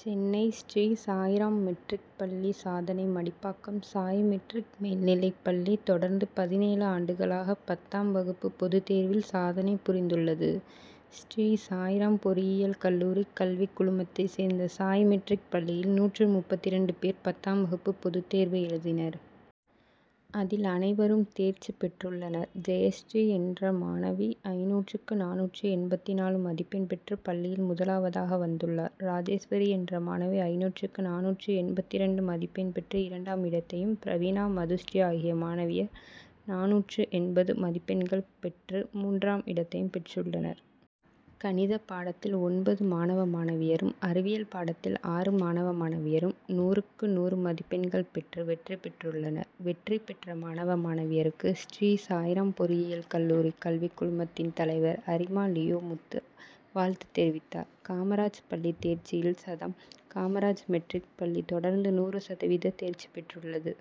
Chennai Sri Sai Ram matric பள்ளி சாதனை Madipakkam Sai matric மேல்நிலைப்பள்ளி, தொடர்ந்து பதினேழு ஆண்டுகளாக பத்தாம் வகுப்பு பொதுத் தேர்வில் சாதனை புரிந்துள் ளது. ஸ்ரீ சாய்ராம் பொறியியல் கல்லூரி கல்விக் குழுமத்தை சேர்ந்த சாய் மெட்ரிக் பள்ளியில், நூற்று முப்பத்திரண்டு பேர் பத்தாம் வகுப்பு பொதுத் தேர்வு எழுதினர். அதில் அனைவரும் தேர்ச்சி பெற்றுள்ளனர். ஜெயஸ்ரீ என்ற மாணவி ஐந்நூறுக்கு நானூற்று எண்பத்து நான்கு மதிப்பெண் பெற்று பள்ளியில் முதலாவதாக வந்துள்ளார். ராஜேஸ்வரி என்ற மாணவி ஐந்நூறுக்கு நானூற்று எண்பத்திரண்டு மதிப்பெண் பெற்று இரண்டாம் இடத்தையும், பிரவீனா, மதுஸ்ரீ ஆகிய மாணவியர் நானூற்று எண்பது மதிப் பெண்கள் பெற்று மூன்றாம் இடத்தையும் பெற்றுள்ளனர். கணித பாடத்தில் ஒன்பது மாணவ மாணவியரும், அறிவியல் பாடத்தில் ஆறு மாணவ மாணவியரும் நூறுக்கு நூறு மதிப்பெண்கள் பெற்று வெற்றி பெற்றுள்ளனர். வெற்றி பெற்ற மாணவ, மாணவியருக்கு, ஸ்ரீ சாய்ராம் பொறியியல் கல்லூரி கல்விக் குழுமத்தின் தலைவர் அரிமா. லியோ முத்து வாழ்த்து தெரிவித்தார். காமராஜ் பள்ளி தேர்ச்சியில் சதம் காமராஜ் மெட்ரிக் பள்ளி தொடர்ந்து நூறு சதவீத தேர்ச்சி பெற்றுள்ளது.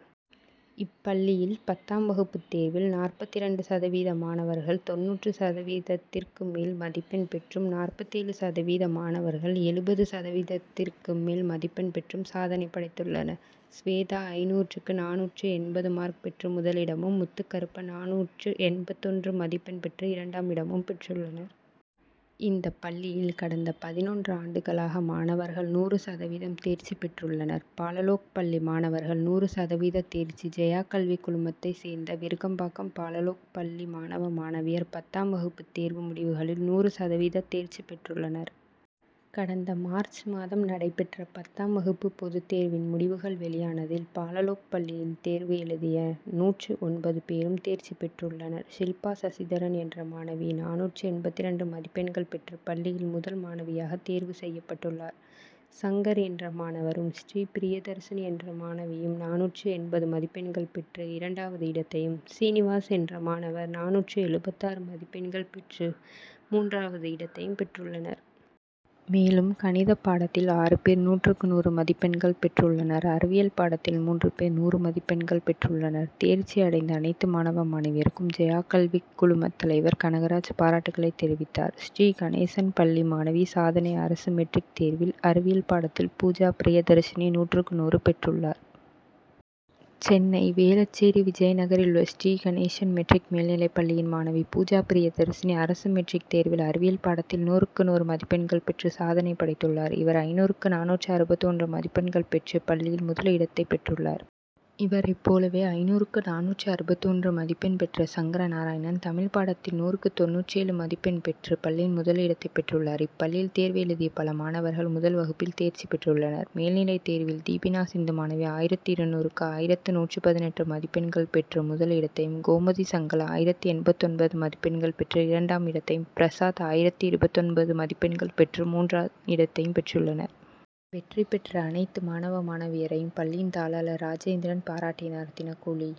இப்பள்ளியில் பத்தாம் வகுப்பு தேர்வில் நாற்பத்திரண்டு சதவீத மாணவர்கள் தொண்ணூறு சதவீதத்திற்கு மேல் மதிப்பெண் பெற்றும், நாற்பத்தேழு சதவீத மாணவர்கள் எழுபது சதவீதத்திற்கு மேல் மதிப்பெண் பெற்றும் சாதனை படைத்துள்ளனர். ஸ்வேதா ஐந்நூறுக்கு நானூற்று எண்பது மார்க் பெற்று முதலிடமும், முத்துகருப்பன் நானூற்று எண்பத்தொன்று மதிப்பெண் பெற்று இரண்டாம் இடமும் பெற்றுள்ளனர். இந்த பள்ளியில் கடந்த பதினொன்று ஆண்டுகளாக மாணவர்கள் நூறு சதவீதம் தேர்ச்சி பெற்றுள்ளனர். பாலலோக் பள்ளி மாணவர்கள் நூறு சதவீத தேர்ச்சி ஜெயா கல்விக் குழுமத்தைச் சேர்ந்த விருகம்பாக்கம் பாலலோக் பள்ளி மாணவ, மாணவியர் பத்தாம் வகுப்பு தேர்வு முடிவுகளில் நூறு சதவீத தேர்ச்சி பெற்றுள்ளனர். கடந்த மார்ச் மாதம் நடைபெற்ற பத்தாம் வகுப்பு பொதுத் தேர்வின் முடிவுகள் வெளியானதில், பாலலோக் பள்ளியில் தேர்வு எழுதிய நூற்று ஒன்பது பேரும் தேர்ச்சி பெற்றுள்ளனர். ஷில்பா சசிதரன் என்ற மாணவி நானூற்று எண்பத்திரண்டு மதிப்பெண்கள் பெற்று, பள்ளியில் முதல் மாணவியாக தேர்வு செய்யப்பட்டுள்ளார். சங்கர் என்ற மாணவரும், ஸ்ரீபிரியதர்ஷினி என்ற மாணவியும் நானூற்று எண்பது மதிப்பெண்கள் பெற்று இரண்டாவது இடத்தையும், சீனிவாஸ் என்ற மாணவர் நானூற்று எழுபத்தாறு மதிப்பெண்கள் பெற்று மூன்றாவது இடத்தையும் பெற்றுள்ளனர். மேலும், கணிதப் பாடத்தில் ஆறு பேர் நூற்றுக்கு நூறு மதிப்பெண்கள் பெற்றுள்ளனர். அறிவியல் பாடத்தில் மூன்று பேர் நூறு மதிப்பெண்கள் பெற்றுள்ளனர். தேர்ச்சி அடைந்த அனைத்து மாணவ, மாணவியருக்கும், ஜெயா கல்விக் குழுமத் தலைவர் கனகராஜ் பாராட்டுகளை தெரிவித்தார். ஸ்ரீகணேசன் பள்ளி மாணவி சாதனை அரசு மெட்ரிக் தேர்வில் அறிவியல் பாடத்தில் பூஜா பிரியதர்ஷினி நூறுக்கு நூறு பெற்றுள்ளார். சென்னை வேளச்சேரி, விஜயநகரில் உள்ள ஸ்ரீ கணேசன் மெட்ரிக் மேல்நிலைப் பள்ளியின் மாணவி பூஜா பிரியதர்ஷினி, அரசு மெட்ரிக் தேர்வில் அறிவியல் பாடத்தில் நூறுக்கு நூறு மதிப்பெண்கள் பெற்று சாதனை படைத்துள் ளார். இவர் ஐந்நூறுக்கு நானூற்று அறுபத்து ஒன்று மதிப் பெண்கள் பெற்று பள்ளியில் முதல் இடத்தைப் பெற் றுள்ளார். இவரைப் போலவே, ஐந்நூறுக்கு நானூற்று அறுபத்து ஒன்று மதிப்பெண் பெற்ற சங்கர நாராயணன், தமிழ் பாடத்தில் நூறுக்கு தொண்ணூற்று ஏழு மதிப் பெண் பெற்று பள்ளியின் முதல் இடத்தைப் பெற்றுள்ளார். இப்பள்ளியில் தேர்வு எழுதிய பல மாணவர்கள் முதல் வகுப்பில் தேர்ச்சி பெற்றுள் ளனர். மேல்நிலைத் தேர்வில் தீபினா சிந்து மாணவி ஆயிரத்து இருநூறுக்கு ஆயிரத்து நூற்று பதினெட்டு மதிப்பெண்கள் பெற்று முதல் இடத்தையும், கோமதி சங்கர் ஆயிரத்து எண்பத்தொன்பது மதிப்பெண்கள் பெற்று இரண்டாம் இடத்தையும், பிரசாத் ஆயிரத்து இருபத்தொன்பது மதிப்பெண்கள் பெற்று மூன்றாம் இடத்தையும் பெற்றுள்ளனர். வெற்றி பெற்ற அனைத்து மாணவ, மாணவியரையும் பள்ளியின் தாளாளர் ராஜேந்திரன் பாராட்டினார். தினக்கூலி,